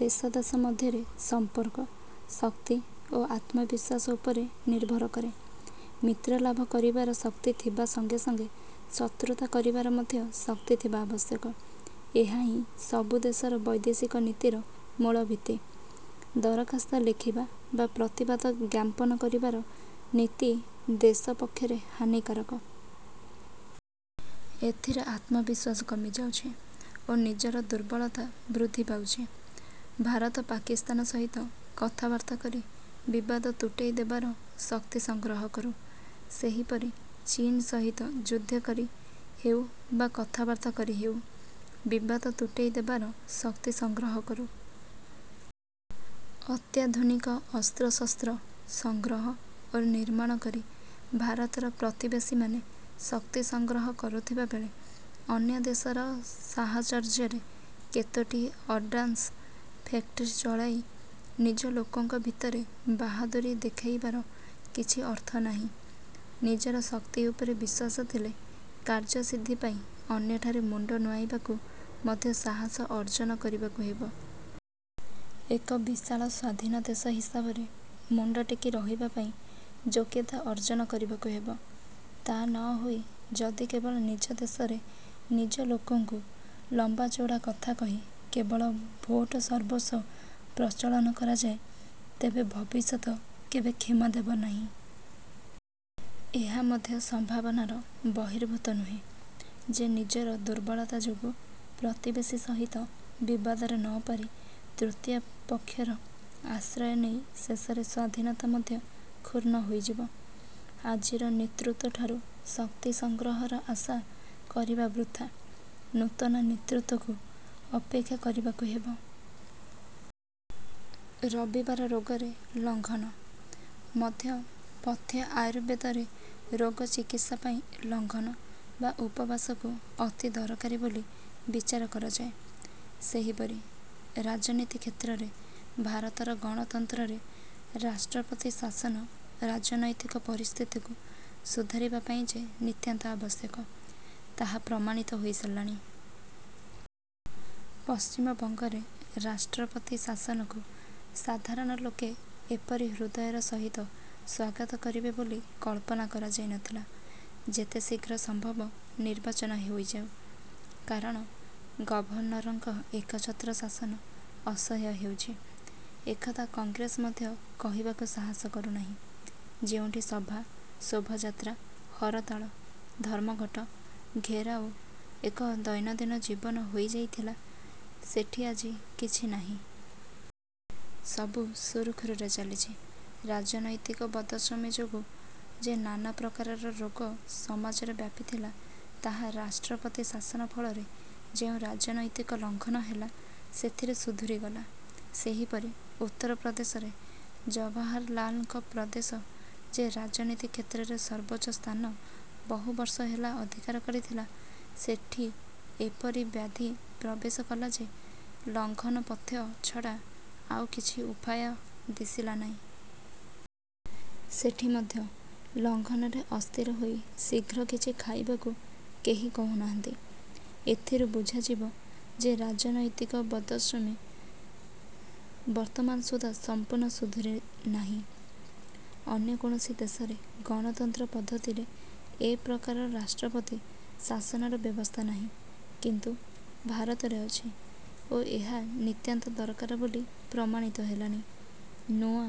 ଦେଶ ଦେଶ ମଧ୍ୟରେ ସମ୍ପର୍କ, ଶକ୍ତି ଓ ଆତ୍ମବିଶ୍ୱାସ ଉପରେ ନିର୍ଭର କରେ। ମିତ୍ରଲାଭ କରିବାର ଶକ୍ତି ଥିବା ସଙ୍ଗେ ସଙ୍ଗେ ଶତ୍ରୁତା କରିବାର ମଧ୍ୟ ଶକ୍ତି ଥିବା ଆବଶ୍ୟକ। ଏହା ହିଁ ସବୁ ଦେଶର ବୈଦେଶିକ ନୀତିର ମୂଳଭିତ୍ତି। ଦରଖାସ୍ତ ଲେଖିବା ବା ପ୍ରତିବାଦ ଜ୍ଞାପନ କରିବାର ନୀତି ଦେଶ ପକ୍ଷରେ ହାନିକାରକ। ଏଥିରେ ଆତ୍ମବିଶ୍ୱାସ କମିଯାଉଛି ଓ ନିଜର ଦୁର୍ବଳତା ବୃଦ୍ଧି ପାଉଛି। ଭାରତ ପାକିସ୍ତାନ ସହିତ କଥାବାର୍ତ୍ତା କରି ବିବାଦ ତୁଟେଇ ଦେବାର ଶକ୍ତି ସଂଗ୍ରହ କରୁ-। ସେହିପରି ଚୀନ ସହିତ ଯୁଦ୍ଧ କରି ହେଉ ବା କଥାବାର୍ତ୍ତା କରି ହେଉ ବିବାଦ ତୁଟେଇ ଦେବାର ଶକ୍ତି ସଂଗ୍ରହ କରୁ। ଅତ୍ୟାଧୁନିକ ଅସ୍ତ୍ରଶସ୍ତ୍ର ସଂଗ୍ରହ ଓ ନିର୍ମାଣ କରି ଭାରତର ପ୍ରତିବେଶୀମାନେ ଶକ୍ତି ସଂଗ୍ରହ କରୁଥିବାବେଳେ, ଅନ୍ୟ ଦେଶର ସାହଚର୍ଯ୍ୟରେ କେତୋଟି ଅର୍ଡ଼ାନ୍ସ ଫେକ୍ଟରି ଚଳାଇ ନିଜ ଲୋକଙ୍କ ଭିତରେ ବାହାଦୂରୀ ଦେଖାଇବାର କିଛି ଅର୍ଥ ନାହିଁ। ନିଜର ଶକ୍ତି ଉପରେ ବିଶ୍ୱାସ ଥିଲେ କାର୍ଯ୍ୟସିଦ୍ଧି ପାଇଁ ଅନ୍ୟଠାରେ ମୁଣ୍ଡ ନୁଆଁଇବାକୁ ମଧ୍ୟ ସାହସ ଅର୍ଜ୍ଜନ କରିବାକୁ ହେବ। ଏକ ବିଶାଳ ସ୍ୱାଧୀନ ଦେଶ ହିସାବରେ ମୁଣ୍ଡ ଟେକି ରହିବାପାଇଁ ଯୋଗ୍ୟତା ଅର୍ଜ୍ଜନ କରିବାକୁ ହେବ। ତା' ନ ହୋଇ ଯଦି କେବଳ ନିଜ ଦେଶରେ ନିଜ ଲୋକକୁ ଲମ୍ବା ଚୌଡ଼ା କଥା କହି କେବଳ ଭୋଟସର୍ବସ୍ୱ ପ୍ରଚଳନ କରାଯାଏ, ତେବେ ଭବିଷ୍ୟତ କେବେ କ୍ଷମା ଦେବନାହିଁ-। ଏହା ମଧ୍ୟ ସମ୍ଭାବନାର ବହିର୍ଭୂତ ନୁହେଁ ଯେ ନିଜର ଦୁର୍ବଳତା ଯୋଗୁଁ ପ୍ରତିବେଶୀ ସହିତ ବିବାଦରେ ନପାରି ତୃତୀୟ ପକ୍ଷର ଆଶ୍ରୟ ନେଇ ଶେଷରେ ସ୍ୱାଧୀନତା ମଧ୍ୟ କ୍ଷୁଣ୍ଣ ହୋଇଯିବ-। ଆଜିର ନେତୃତ୍ୱଠାରୁ ଶକ୍ତି ସଂଗ୍ରହର ଆଶା କରିବା ବୃଥା। ନୂତନ ନେତୃତ୍ୱକୁ ଅପେକ୍ଷା କରିବାକୁ ହେବ-। ରବିବାର ରୋଗରେ ଲଙ୍ଘନ। ମଧ୍ୟ ପଥ୍ୟ ଆୟୁର୍ବେଦରେ ରୋଗ ଚିକିତ୍ସା ପାଇଁ ଲଂଘନ ବା ଉପବାସକୁ ଅତି ଦରକାରୀ ବୋଲି ବିଚାର କରାଯାଏ। ସେହିପରି ରାଜନୀତି କ୍ଷେତ୍ରରେ ଭାରତର ଗଣତନ୍ତ୍ରରେ ରାଷ୍ଟ୍ରପତି ଶାସନ ରାଜନୈତିକ ପରିସ୍ଥିତିକୁ ସୁଧାରିବାପାଇଁ ଯେ ନିତାନ୍ତ ଆବଶ୍ୟକ, ତାହା ପ୍ରମାଣିତ ହୋଇସାରିଲାଣି-। ପଶ୍ଚିମବଙ୍ଗରେ ରାଷ୍ଟ୍ରପତି ଶାସନକୁ ସାଧାରଣ ଲୋକେ ଏପରି ହୃଦୟର ସହିତ ସ୍ୱାଗତ କରିବେ ବୋଲି କଳ୍ପନା କରାଯାଇନଥିଲା। ଯେତେ ଶୀଘ୍ର ସମ୍ଭବ ନିର୍ବାଚନ ହୋଇଯାଉ; କାରଣ ଗଭର୍ଣ୍ଣରଙ୍କ ଏକଛତ୍ର ଶାସନ ଅସହ୍ୟ ହେଉଛି, ଏକଥା କଂଗ୍ରେସ ମଧ୍ୟ କହିବାକୁ ସାହସ କରୁନାହିଁ-। ଯେଉଁଠି ସଭା, ଶୋଭାଯାତ୍ରା, ହରତାଳ, ଧର୍ମଘଟ, ଘେରାଉ ଏକ ଦୈନନ୍ଦିନ ଜୀବନ ହୋଇଯାଇଥିଲା, ସେଠି ଆଜି କିଛି ନାହିଁ। ସବୁ ସୁରୁଖୁରୁରେ ଚାଲିଛି। ରାଜନୈତିକ ବଦ୍ହଜମି ଯୋଗୁ ଯେ ନାନାପ୍ରକାର ରୋଗ ସମାଜରେ ବ୍ୟାପିଥିଲା, ତାହା ରାଷ୍ଟ୍ରପତି ଶାସନ ଫଳରେ ଯେଉଁ ରାଜନୈତିକ ଲଂଘନ ହେଲା, ସେଥିରେ ସୁଧୁରିଗଲା। ସେହିପରି ଉତ୍ତର ପ୍ରଦେଶରେ-। ଜବାହରଲାଲଙ୍କ ପ୍ରଦେଶ ଯେ ରାଜନୀତି କ୍ଷେତ୍ରରେ ସର୍ବୋଚ୍ଚ ସ୍ଥାନ ବହୁ ବର୍ଷ ହେଲା ଅଧିକାର କରିଥିଲା, ସେଠି ଏପରି ବ୍ୟାଧି ପ୍ରବେଶ କଲା ଯେ ଲଂଘନ ପଥ୍ୟ ଛଡ଼ା ଆଉ କିଛି ଉପାୟ ଦିଶିଲା ନାହିଁ। ସେଠି ମଧ୍ୟ ଲଂଘନରେ ଅସ୍ଥିର ହୋଇ ଶୀଘ୍ର କିଛି ଖାଇବାକୁ କେହି କହୁନାହାନ୍ତି। ଏଥିରୁ ବୁଝାଯିବ ଯେ ରାଜନୈତିକ ବଦ୍ହଜମି ବର୍ତ୍ତମାନ ସୁଦ୍ଧା ସଂପୂର୍ଣ୍ଣ ସୁଧୁରିନାହିଁ। ଅନ୍ୟ କୌଣସି ଦେଶରେ ଗଣତନ୍ତ୍ର ପଦ୍ଧତିରେ ଏପ୍ରକାର ରାଷ୍ଟ୍ରପତି ଶାସନର ବ୍ୟବସ୍ଥା ନାହିଁ; କିନ୍ତୁ ଭାରତରେ ଅଛି ଓ ଏହା ନିତାନ୍ତ ଦରକାର ବୋଲି ପ୍ରମାଣିତ ହେଲାଣି। ନୂଆ